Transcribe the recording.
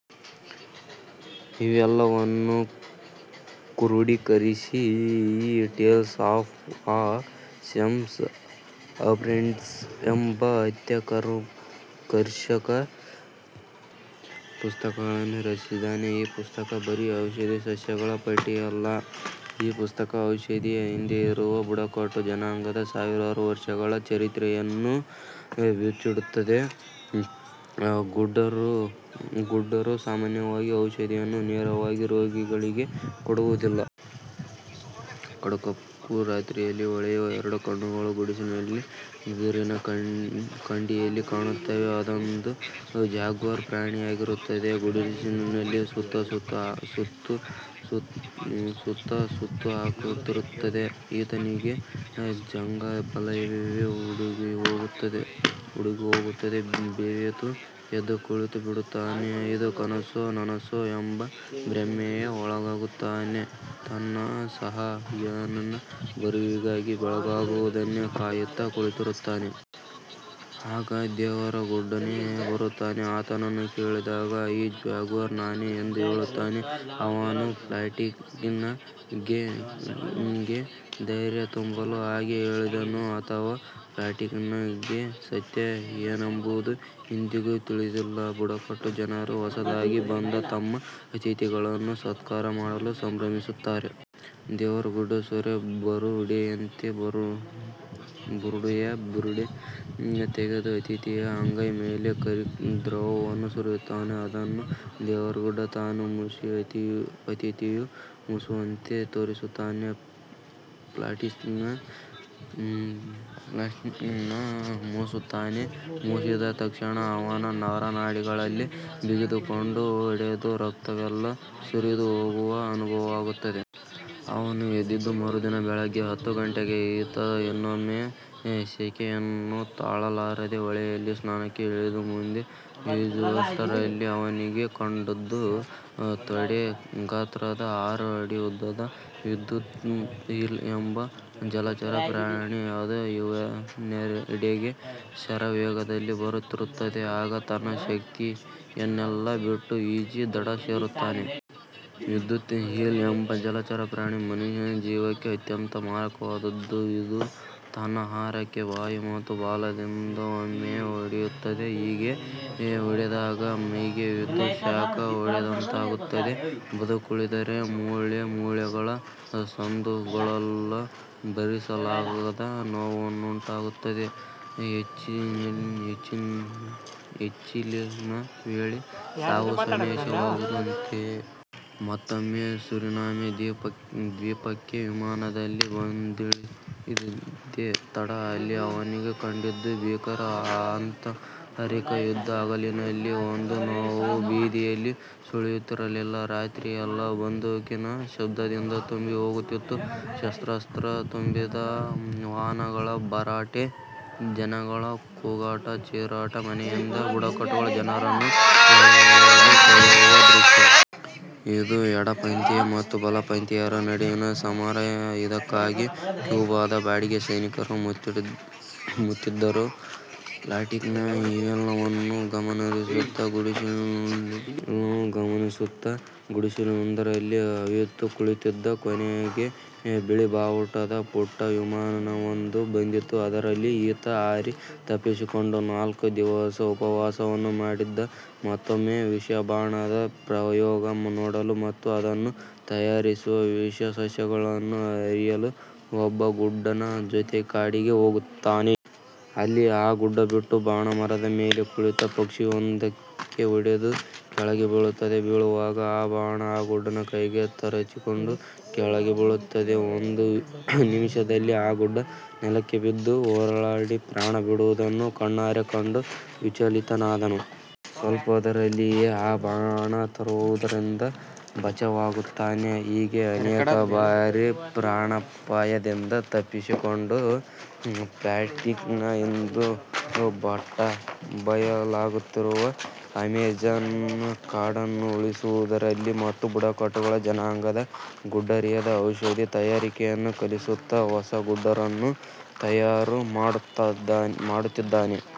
ಇವೆಲ್ಲವನ್ನೂ ಕ್ರೂಢೀಕರಿಸಿ ಈತ Tales of a Shaman's Apprentice ಎಂಬ ಅತ್ಯಾಕರ್ಷಕ ಪುಸ್ತಕವನ್ನು ರಚಿಸಿದ್ದಾನೆ. ಈ ಪುಸ್ತಕ ಬರೀ ಔಷಧಿ ಸಸ್ಯಗಳ ಪಟ್ಟಿಯಲ್ಲ. ಈ ಪುಸ್ತಕ ಔಷಧೀಯ ಹಿಂದೆ ಇರುವ ಬುಡಕಟ್ಟು ಜನಾಂಗದ ಸಾವಿರಾರು ವರ್ಷಗಳ ಚರಿತ್ರೆಯನ್ನು ಬಿಚ್ಚಿಡುತ್ತದೆ. ಗುಡ್ಡರು ಸಾಮಾನ್ಯವಾಗಿ ಔಷಧಿಯನ್ನು ನೇರವಾಗಿ ರೋಗಿಗಳಿಗೆ ಕೊಡುವುದಿಲ್ಲ. ಕಡುಕಪ್ಪು ರಾತ್ರಿಯಲ್ಲಿ ಹೊಳೆವ ಎರಡು ಕಣ್ಣುಗಳು ಗುಡಿಸಿಲಿನ ಬಿದುರಿನ ಕಂಡಿಯಲ್ಲಿ ಕಾಣುತ್ತವೆ. ಅದೊಂದು ಜಾಗ್ವಾರ್ ಪ್ರಾಣಿಯಾಗಿರುತ್ತದೆ. ಗುಡಿಸಿಲಿನ ಸುತ್ತಾ ಸುತ್ತು ಹಾಕುತ್ತಿರುತ್ತದೆ. ಈತನಿಗೆ ಜಂಘಾಬಲವೇ ಉಡುಗಿಹೋಗುತ್ತದೆ. ಬೆವೆತು ಎದ್ದು ಕುಳಿತು ಬಿಡುತ್ತಾನೆ. ಇದು ಕನಸೋ, ನನಸೋ ಎಂಬ ಭ್ರಮೆಗೆ ಒಳಗಾಗುತ್ತಾನೆ. ತನ್ನ ಸಹಾಯಕನ ಬರುವಿಗಾಗಿ ಬೆಳಗಾಗುವುದನ್ನೇ ಕಾಯುತ್ತಾ ಕುಳಿತಿರುತ್ತಾನೆ. ಆಗ ದೇವರ ಗುಡ್ಡನೆ ಬರುತ್ತಾನೆ. ಆತನನ್ನು ಕೇಳಿದಾಗ ಈ ಜಾಗ್ವಾರ್ ನಾನೇ ಎಂದು ಹೇಳುತ್ತಾನೆ. ಅವನು ಪ್ಲಾಟಿಕಿನ್ ಗೆ ಧೈರ್ಯ ತುಂಬಲು ಹಾಗೆ ಹೇಳಿದನೋ, ಅಥವಾ.. ಪ್ಲಾಟಿಕಿನ್ ಗೆ ಸತ್ಯ ಏನಂಬುದು ಇಂದಿಗೂ ತಿಳಿದಿಲ್ಲ. ಬುಡಕಟ್ಟು ಜನರು ಹೊಸದಾಗಿ ಬಂದ ತಮ್ಮ ಅತಿಥಿಗಳನ್ನು ಸತ್ಕಾರ ಮಾಡಲು ಸಂಭ್ರಮಿಸುತ್ತಾರೆ. ದೇವರ ಗುಡ್ಡ ಸೊರೆ ಬುರುಡೆಯಂಥ ಬುರುಡೆಯ ಬಿರುಡೆ ತೆಗೆದು ಅತಿಥಿಯ ಅಂಗೈ ಮೇಲೆ ಕರಿ ದ್ರವವನ್ನು ಸುರಿಯುತ್ತಾನೆ. ಅದನ್ನು ದೇವರಗುಡ್ಡ ತಾನು ಮೂಸಿ ಅತಿಥಿಯೂ ಮೂಸುವಂತೆ ತೋರಿಸುತ್ತಾನೆ. ಪ್ಲಾಟ್ಕಿನ್ ಮೂಸುತ್ತಾನೆ. ಮೂಸಿದ ತಕ್ಷಣ ಅವನ ನರ ನಾಡಿಗಳೆಲ್ಲ ಬಿಗಿದುಕೊಂಡು, ಒಡೆದು ರಕ್ತವೆಲ್ಲಾ ಸುರಿದು ಹೋಗುವ ಅನುಭವವಾಗುತ್ತದೆ. ಅವನು ಎದ್ದಿದ್ದು ಮರುದಿನ ಬೆಳಗ್ಗೆ ಹತ್ತು ಗಂಟೆಗೆ. ಈತ ಇನ್ನೊಮ್ಮೆ ಸೆಖೆಯನ್ನು ತಾಳಲಾರದೆ ಹೊಳೆಯಲ್ಲಿ ಸ್ನಾನಕ್ಕೆ ಇಳಿದು ಮುಂದೆ ಈಜುವಷ್ಟರಲ್ಲಿ ಅವನಿಗೆ ಕಂಡದ್ದು ತೊಡೆ ಗಾತ್ರದ ಆರು ಅಡಿ ಉದ್ದದ 'ವಿದ್ಯುತ್ ಈಲ್ ' ಎಂಬ ಜಲಚರ ಪ್ರ್ರಾಣಿ. ಅದು ಇವನೆಡೆಗೆ ಶರವೇಗದಲ್ಲಿ ಬರುತ್ತಿರುತ್ತದೆ. ಆಗ ತನ್ನ ಶಕ್ತಿಯನ್ನೆಲ್ಲಾ ಬಿಟ್ಟು ಈಜಿ ದಡ ಸೇರುತ್ತಾನೆ. ವಿದ್ಯುತ್ ಈಲ್ ಎಂಬ ಜಲಚರ ಪ್ರಾಣಿ ಮನುಷ್ಯ ಜೀವಕ್ಕೆ ಅತ್ಯಂತ ಮಾರಕವಾದುದ್ದು. ಇದು ತನ್ನ ಆಹಾರಕ್ಕೆ ಬಾಯಿ ಮತ್ತು ಬಾಲದಿಂದ ಒಮ್ಮೆಗೆ ಹೊಡೆಯುತ್ತದೆ. ಹೀಗೆ ಹೊಡೆದಾಗ ಮೈಗೆ ವಿದ್ಯುತ್ ಶಾಕ್ ಹೊಡೆದಂತಾಗುತ್ತದೆ. ಬದುಕುಳಿದರೆ ಮೂಳೆ ಮೂಳೆಗಳ ಸಂದುಗಳಲ್ಲೂ ಭರಿಸಲಾಗದ ನೋವುಂಟಾಗುತ್ತದೆ. ಹೆಚ್ಚಿಲಿನ ವೇಳೆ ಸಾವು ಸನ್ನಿಹಿತವಾದಂತಯೇ. ಮತ್ತೊಮ್ಮೆ ಸುರಿನಾಮೆ ದ್ವೀಪಕ್ಕೆ ವಿಮಾನದಲ್ಲಿ ಬಂದಿಳಿದಿದ್ದೆ ತಡ ಅಲ್ಲಿ ಅವನಿಗೆ ಕಂಡಿದ್ದು ಭೀಕರ ಆಂತರಿಕ ಯುದ್ಧ. ಹಗಲಿನಲ್ಲಿ ಒಂದು ನೊಣವೂ ಬೀದಿಯಲ್ಲಿ ಸುಳಿಯುತ್ತಿರಲಿಲ್ಲ. ರಾತ್ರಿಯೆಲ್ಲಾ ಬಂದೂಕಿನ ಶಬ್ದದಿಂದ ತುಂಬಿ ಹೋಗುತ್ತಿತ್ತು. ಶಸ್ತ್ರಾತ್ರ ತುಂಬಿದ ವಾಹನಗಳ ಭರಾಟೆ, ಜನಗಳ ಕೂಗಾಟ, ಚೀರಾಟ, ಮನೆಯಿಂದ ಬುಡಕಟ್ಟು ಜನರನ್ನು ಎಳೆದೆಳೆದು ಕೊಳ್ಳುವ ದೃಶ್ಯ. ಇದು ಎಡಪಂಥೀಯ ಮತ್ತು ಬಲಪಂಥೀಯರ ನಡುವಿನ ಸಮರ. ಇದಕ್ಕಾಗಿ ಕ್ಯೂಬಾದ ಬಾಡಿಗೆ ಸೈನಿಕರು ಮುತ್ತಿದ್ದರು. ಪ್ಲಾಟಿಕಿನ್ ಇವೆಲ್ಲವನ್ನೂ ಗಮನಿಸುತ್ತಾ ಗುಡಿಸಿಲೊಂದರಲ್ಲಿ ಅವಿತು ಕುಳಿತಿದ್ದ. ಕೊನೆಗೆ ಬಿಳಿ ಬಾವುಟದ ಪುಟ್ಟ ವಿಮಾನವೊಂದು ಬಂದಿತು. ಅದರಲ್ಲಿ ಈತ ಹಾರಿ ತಪ್ಪಿಸಿಕೊಂಡ. ನಾಲ್ಕು ದಿವಸ ಉಪವಾಸವನ್ನು ಮಾಡಿದ್ದ. ಮತ್ತೊಮ್ಮೆ ವಿಷಬಾಣದ ಪ್ರಯೋಗ ನೋಡಲು ಮತ್ತು ಅದನ್ನು ತಯಾರಿಸುವ ವಿಷ ಸಸ್ಯಗಳನ್ನು ಅರಿಯಲು ಒಬ್ಬ ಗುಡ್ಡನ ಜೊತೆ ಕಾಡಿಗೆ ಹೋಗುತ್ತಾನೆ. ಅಲ್ಲಿ ಆ ಗುಡ್ಡ ಬಿಟ್ಟ ಬಾಣ ಮರದ ಮೇಲೆ ಕುಳಿತ ಪಕ್ಷಿಯೊಂದಕ್ಕೆ ಹೊಡೆದು ಕೆಳಗೆ ಬೀಳುತ್ತದೆ. ಬೀಳುವಾಗ ಆ ಬಾಣ ಆ ಗುಡ್ಡನ ಕೈಗೆ ತರಚಿಕೊಂಡು ಕೆಳಗೆ ಬೀಳುತ್ತದೆ. ಒಂದು ನಿಮಿಷದಲ್ಲಿ ಆ ಗುಡ್ಡ ನೆಲಕ್ಕೆ ಬಿದ್ದು ಹೊರಳಾಡಿ ಪ್ರಾಣ ಬಿಡುವುದನ್ನು ಕಣ್ಣಾರೆ ಕಂಡು ವಿಚಲಿತನಾದನು. ಸ್ವಲ್ಪದರಲ್ಲಿಯೇ ಆ ಬಾಣ ತಗಲುವುದರಿಂದ ಬಚಾವಾಗುತ್ತಾನೆ. ಹೀಗೆ ಅನೇಕ ಬಾರಿ ಪ್ರಾಣಾಪಾಯದಿಂದ ತಪ್ಪಿಸಿಕೊಂಡ ಪ್ಲಾಟ್ಕಿನ್ ಇಂದೂ ಬಟಾಬಯಲಾಗುತ್ತಿರುವ ಅಮೆಜಾನ್ ಕಾಡನ್ನುಉಳಿಸುವುದರಲ್ಲಿ ಮತ್ತು ಬುಡಕಟ್ಟು ಜನಾಂಗದ ಗುಡ್ದರಿಗೆ ಔಷಧಿ ತಯಾರಿಕೆಯನ್ನು ಕಲಿಸುತ್ತಾ ಹೊಸ ಗುಡ್ದರನ್ನು ತಯಾರು ಮಾಡುತ್ತಿದ್ದಾನೆ.